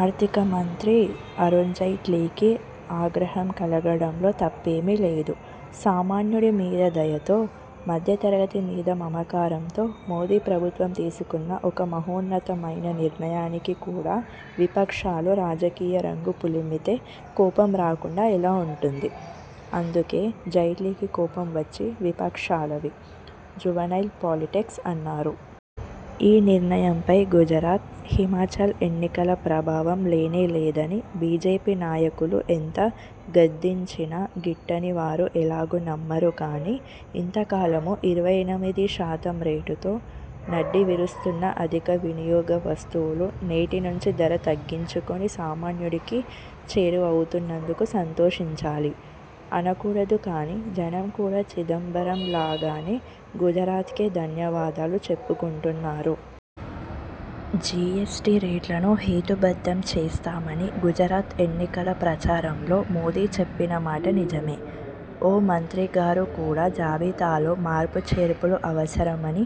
ఆర్థికమంత్రి అరుణ్జైట్లీకి ఆగ్రహం కలగడంలో తప్పేమీ లేదు. సామాన్యుడి మీద దయతో, మధ్యతరగతి మీద మమకారంతో మోదీ ప్రభుత్వం తీసుకున్న ఒక మహోన్నతమైన నిర్ణయానికి కూడా విపక్షాలు రాజకీయ రంగు పులిమితే కోపం రాకుండా ఎలా ఉంటుంది? అందుకే జైట్లీకి కోపం వచ్చి విపక్షాలవి 'జువనైల్ పాలిటిక్స్' అన్నారు. ఈ నిర్ణయంపై గుజరాత్, హిమాచల్ ఎన్నికల ప్రభావం లేనేలేదని బీజేపీ నాయకులు ఎంత గద్దించినా గిట్టని వారు ఎలాగూ నమ్మరు కానీ, ఇంతకాలమూ ఇరవై ఎనిమిది శాతం రేటుతో నడ్డివిరుస్తున్న అధిక వినియోగ వస్తువులు నేటినుంచి ధర తగ్గించుకొని సామాన్యుడికి చేరువవుతున్నందుకు సంతోషించాలి. అనకూడదు కానీ, జనం కూడా చిదంబరం లాగానే గుజరాత్కే ధన్యవాదాలు చెప్పుకుంటున్నారు. జీఎస్టీ రేట్లను హేతుబద్ధం చేస్తామని గుజరాత్ ఎన్నికల ప్రచారంలో మోదీ చెప్పినమాట నిజమే. ఓ మంత్రిగారు కూడా జాబితాలో మార్పుచేర్పులు అవసరమని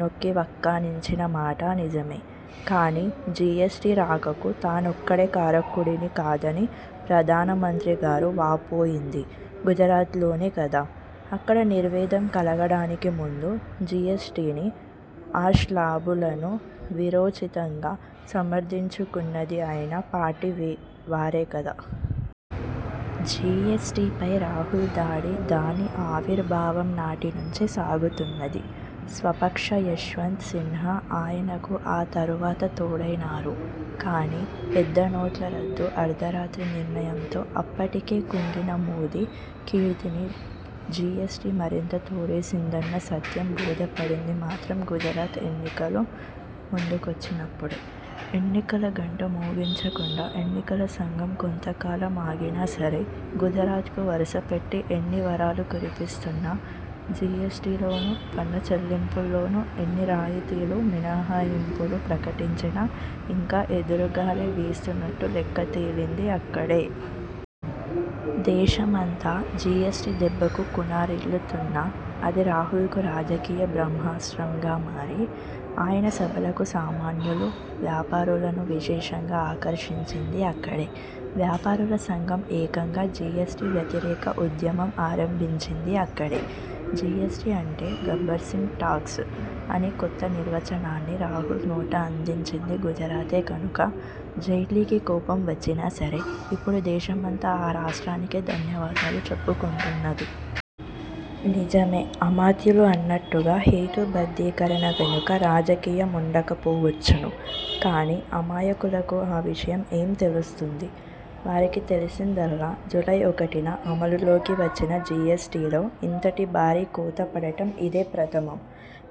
నొక్కివక్కాణించిన మాటా నిజమే. కానీ, జీఎస్టీ రాకకు తానొక్కడే కారకుడిని కాదని ప్రధానమంత్రిగారు వాపోయింది గుజరాత్లోనే కదా! అక్కడ నిర్వేదం కలగడానికి ముందు జీఎస్టీనీ, ఆ శ్లాబులనూ వీరోచితంగా సమర్థించుకున్నది ఆయన పార్టీ వారే కదా! జీఎస్టీపై రాహుల్ దాడి దాని ఆవిర్భావం నాటినుంచే సాగుతున్నది. స్వపక్ష యశ్వంత్ సిన్హా ఆయనకు ఆ తరువాత తోడైనారు. కానీ, పెద్దనోట్ల రద్దు అర్థరాత్రి నిర్ణయంతో అప్పటికే కుంగిన మోదీ కీర్తిని జీఎస్టీ మరింత తోడేసిందన్న సత్యం బోధపడింది మాత్రం గుజరాత్ ఎన్నికలు ముందుకొచ్చినప్పుడే. ఎన్నికల గంట మోగించకుండా ఎన్నికల సంఘం కొంతకాలం ఆగినా సరే, గుజరాత్కు వరుసపెట్టి ఎన్నివరాలు కురిపిస్తున్నా, జీఎస్టీలోనూ, పన్ను చెల్లింపుల్లోనూ ఎన్ని రాయితీలూ మినహాయింపులూ ప్రకటించినా ఇంకా ఎదురుగాలే వీస్తున్నట్టు లెక్క తేలిందీ అక్కడే. దేశమంతా జీఎస్టీ దెబ్బకు కునారిల్లుతున్నా, అది రాహుల్కు రాజకీయ బ్రహ్మాస్త్రంగా మారి, ఆయన సభలకు సామాన్యులూ, వ్యాపారులను విశేషంగా ఆకర్షించిందీ అక్కడే. వ్యాపారుల సంఘం ఏకంగా జీఎస్టీ వ్యతిరేక ఉద్యమం ఆరంభించిందీ అక్కడే. జీఎస్టీ అంటే 'గబ్బర్ సింగ్ టాక్స్' అనే కొత్త నిర్వచనాన్ని రాహుల్నోట అందించింది గుజరాతే కనుక, జైట్లీకి కోపం వచ్చినా సరే, ఇప్పుడు దేశమంతా ఆ రాష్ట్రానికే ధన్యవాదాలు చెప్పుకుంటున్నది. నిజమే, అమాత్యులు అన్నట్టుగా హేతుబద్ధీకరణ వెనుక రాజకీయం ఉండకపోవచ్చును. కానీ, అమాయకులకు ఆ విషయం ఏం తెలుస్తుంది? వారికి తెలిసిందల్లా జూలై ఒకటిన అమలులోకి వచ్చిన జీఎస్టీలో ఇంతటి భారీ కోతపడటం ఇదే ప్రథమం.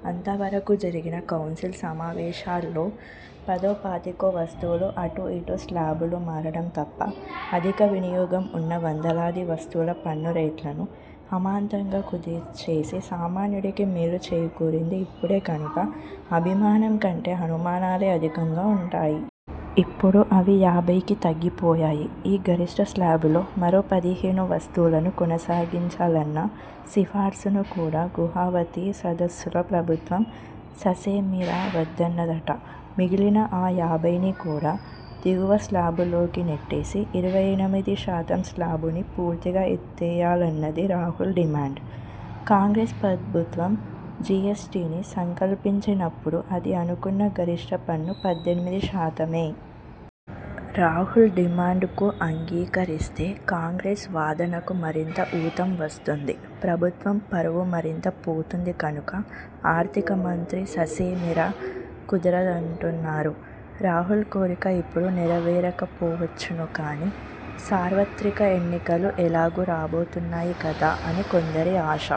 అంతవరకూ జరిగిన కౌన్సిల్ సమావేశాల్లో పదో పాతికో వస్తువులు అటూ ఇటూ స్లాబులు మారడం తప్ప, అధిక వినియోగం ఉన్న వందలాది వస్తువుల పన్నురేట్లను అమాంతంగా కుదించేసి సామాన్యుడికి మేలు చేకూరింది ఇప్పుడే కనుక, అభిమానం కంటే అనుమానాలే అధికంగా ఉంటాయి. ఇప్పుడు అవి యాభైకి తగ్గిపోయాయి. ఈ గరిష్ట స్లాబులో మరో పదిహేను వస్తువులను కొనసాగించాలన్న సిఫార్సును కూడా గువాహతీ సదస్సులో ప్రభుత్వం ససేమిరా వద్దన్నదట. మిగిలిన ఆ యాభైని కూడా దిగువస్లాబులోకి నెట్టేసి, ఇరవై ఎనిమిది శాతం స్లాబుని పూర్తిగా ఎత్తేయాలన్నది రాహుల్ డిమాండ్. కాంగ్రెస్ ప్రభుత్వం జీఎస్టీని సంకల్పించినప్పుడు అది అనుకున్న గరిష్టపన్ను పద్దెనిమిది శాతమే. రాహుల్ డిమాండ్కు అంగీకరిస్తే కాంగ్రెస్ వాదనకు మరింత ఊతం వస్తుంది, ప్రభుత్వం పరువు మరింత పోతుంది కనుక ఆర్థికమంత్రి ససేమిరా కుదరదంటున్నారు. రాహుల్ కోరిక ఇప్పుడు నెరవేరకపోవచ్చును కానీ, సార్వత్రిక ఎన్నికలు ఎలాగూ రాబోతున్నాయి కదా అని కొందరి ఆశ.